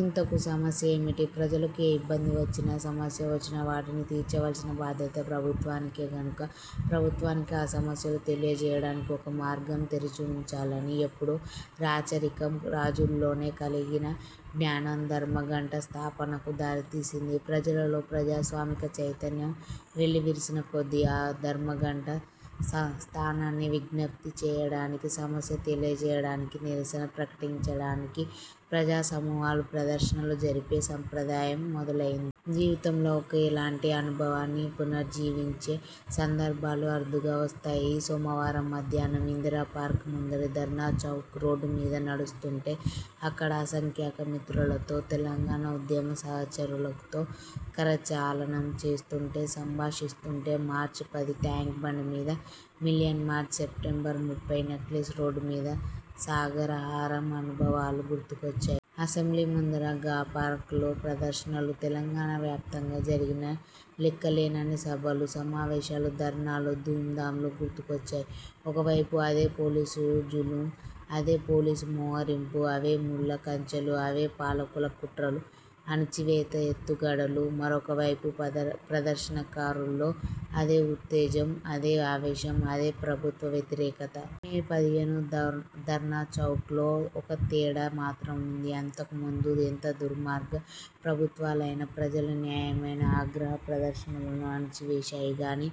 ఇంతకూ సమస్య ఏమిటి? ప్రజలకు ఏ ఇబ్బంది వచ్చినా, సమస్య వచ్చినా వాటిని తీర్చవలసిన బాధ్యత ప్రభుత్వానిదే గనుక, ప్రభుత్వానికి ఆ సమస్యలు తెలియజేయడానికి ఒక మార్గం తెరిచి ఉంచాలని ఎప్పుడో రాచరికం రజుల్లోనే కలిగిన జ్ఞానం ధర్మగంట స్థాపనకు దారి తీసింది. ప్రజలలో ప్రజాస్వామిక చైతన్యం వెల్లివిరిసిన కొద్దీ ఆ ధర్మగంట స్థానాన్ని విజ్ఞప్తి చేయడానికి, సమస్య తెలియజేయడానికి, నిరసన ప్రకటించడానికి ప్రజాసమూహాలు ప్రదర్శనలు జరిపే సంప్రదాయం మొదలయింది. జీవితంలో ఒకేలాంటి అనుభవాన్ని పునర్జీవించే సందర్భాలు అరుదుగా వస్తాయి. ఈ సోమవారం మధ్యాహ్నం ఇందిరా పార్క్ ముందరి ధర్నా చౌక్ రోడ్డు మీద నడుస్తుంటే, అక్కడ అసంఖ్యాక మిత్రులతో, తెలంగాణ ఉద్యమ సహచరులతో కరచాలనం చేస్తుంటే, సంభాషిస్తుంటే మార్చ్ పది టాంక్ బండ్ మీద మిలియన్ మార్చ్, సెప్టెంబర్ ముప్పై నెక్లెస్ రోడ్ మీద సాగరహారం అనుభవాలు గుర్తుకొచ్చాయి. అసెంబ్లీ ముందర గపార్క్ లో ప్రదర్శనలు, తెలంగాణ వ్యాప్తంగా జరిగిన లెక్కలేనన్ని సభలు, సమావేశాలు, ధర్నాలు, ధూంధాంలు గుర్తుకొచ్చాయి. ఒకవైపు అదే పోలీసు జులుం, అదే పోలీసు మోహరింపు, అవే ముళ్ల కంచెలు. అవే పాలకుల కుట్రలు, అణచివేత ఎత్తుగడలు. మరొకవైపు ప్రదర్శనకారుల్లో అదే ఉత్తేజం, అదే ఆవేశం, అదే ప్రభుత్వ వ్యతిరేకత. మే పదిహేను ధర్నాచౌక్ లో ఒక తేడా మాత్రం ఉంది. అంతకు ముందు ఎంత దుర్మార్గ ప్రభుత్వాలైనా ప్రజల న్యాయమైన ఆగ్రహ ప్రదర్శనలను అణచివేశాయి గాని,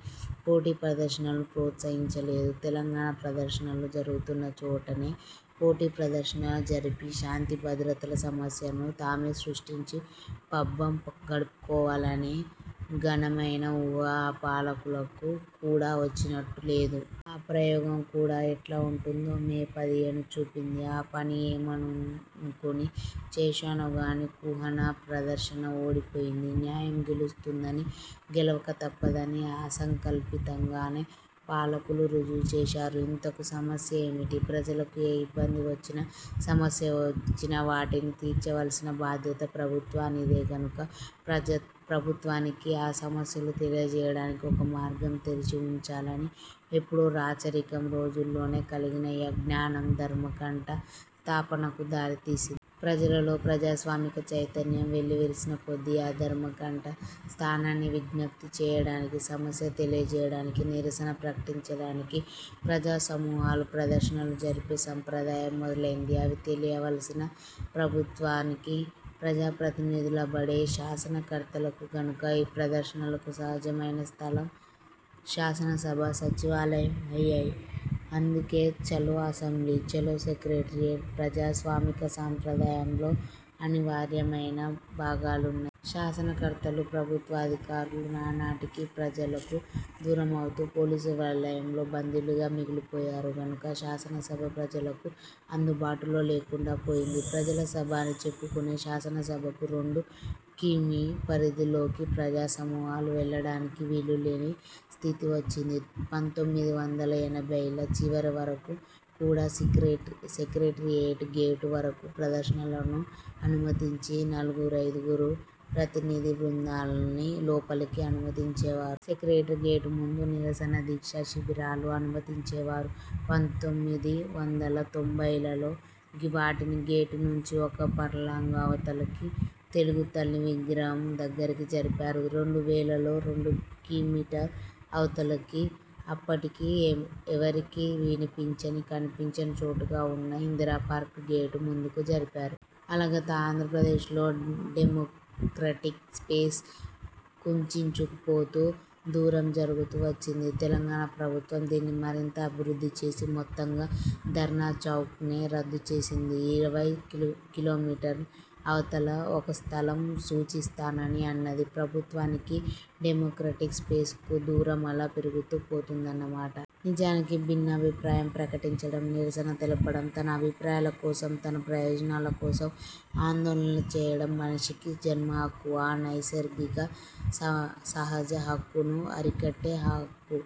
పోటీ ప్రదర్శనలను ప్రోత్సహించలేదు. తెలంగాణ ప్రదర్శనలు జరుగుతున్న చోటనే పోటీ ప్రదర్శన జరిపి శాంతిభద్రతల సమస్యను తామే సృష్టించి పబ్బం గడుపుకోవాలనే ఘనమైన ఊహ ఆ పాలకులకు కూడ వచ్చినట్టు లేదు. ఆ ప్రయోగం కూడ ఎట్లా ఉంటుందో మే పదిహేను చూపింది. ఆ పని ఏమనుకుని చేశారో గాని కుహనా ప్రదర్శన ఓడిపోయింది. న్యాయం గెలుస్తుందని, గెలవకతప్పదని అసంకల్పితంగానే పాలకులు రుజువు చేశారు. ఇంతకూ సమస్య ఏమిటి? ప్రజలకు ఏ ఇబ్బంది వచ్చినా, సమస్య వచ్చినా వాటిని తీర్చవలసిన బాధ్యత ప్రభుత్వానిదే గనుక, ప్రభుత్వానికి ఆ సమస్యలు తెలియజేయడానికి ఒక మార్గం తెరిచి ఉంచాలని ఎప్పుడో రాచరికం రోజుల్లోనే కలిగిన జ్ఞానం ధర్మగంట స్థాపనకు దారి తీసింది. ప్రజలలో ప్రజాస్వామిక చైతన్యం వెల్లివిరిసిన కొద్దీ ఆ ధర్మగంట స్థానాన్ని విజ్ఞప్తి చేయడానికి, సమస్య తెలియజేయడానికి, నిరసన ప్రకటించడానికి ప్రజాసమూహాలు ప్రదర్శనలు జరిపే సంప్రదాయం మొదలయింది. అవి తెలియవలసినది ప్రభుత్వానికీ, ప్రజాప్రతినిధులనబడే శాసనకర్తలకూ గనుక ఇ ప్రదర్శనలకు సహజమైన స్థలం శాసనసభ, సచివాలయం అయ్యాయి. అందుకే చలో అసెంబ్లీ, చలో సెక్రటేరియట్ ప్రజాస్వామిక సంప్రదాయంలో అనివార్యమైన భాగాలయ్యాయి. శాసనకర్తలు, ప్రభుత్వాధికారులు నానాటికీ ప్రజలకు దూరమవుతూ, పోలీసు వలయంలో బందీలుగా మిగిలిపోయారు గనుక శాసనసభ ప్రజలకు అందుబాటులో లేకుండా పోయింది. ప్రజల సభ అని చెప్పుకునే శాసనసభకు రెండు కిమీ పరిధిలోకి ప్రజాసమూహాలు వెళ్లడానికే వీలులేని స్థితి వచ్చింది. పంతొమ్మిది వందల ఎనభైల చివరి వరకు కూడ సెక్రటేరియట్ గేటు వరకూ ప్రదర్శనలను అనుమతించి, నలుగురైదుగురు ప్రతినిధి బృందాన్ని లోపలికి అనుమతించేవారు. సెక్రటేరియట్ గేటు ముందు నిరసన దీక్షా శిబిరాలు అనుమతించేవారు. పంతొమ్మిది వందల తొంభైలలో వాటిని గేటు నుంచి ఒక ఫర్లాంగు అవతలికి తెలుగుతల్లి విగ్రహం దగ్గరికి జరిపారు. రెండు వేలలో రెండు కిమీ అవతలికి, అప్పటికి ఎవరికీ వినిపించని కనిపించని చోటుగా ఉన్న ఇందిరాపార్క్ గేటు ముందుకు జరిపారు. అలా గత ఆంధ్రప్రదేశ్ లో డెమొక్రటిక్ స్పేస్ కుంచించుకుపోతూ, దూరం జరుగుతూ వచ్చింది. తెలంగాణ ప్రభుత్వం దీన్ని మరింత "అభివృద్ధి" చేసి మొత్తంగా ధర్నా చౌక్ నే రద్దు చేసింది. ఇరవై కిమీ అవతల ఒక స్థలం సూచిస్తానని అన్నది. ప్రభుత్వానికీ డెమొక్రటిక్ స్పేస్ కూ దూరం అలా పెరుగుతూ పోతున్నదన్న మాట. నిజానికి భిన్నాభిప్రాయం ప్రకటించడం, నిరసన తెలపడం, తన అభిప్రాయాల కోసం, తన ప్రయోజనాల కోసం ఆందోళన చేయడం మనిషికి జన్మహక్కు. ఆ నైసర్గిక, సహజ హక్కును అరికట్టే, ఆ హక్కు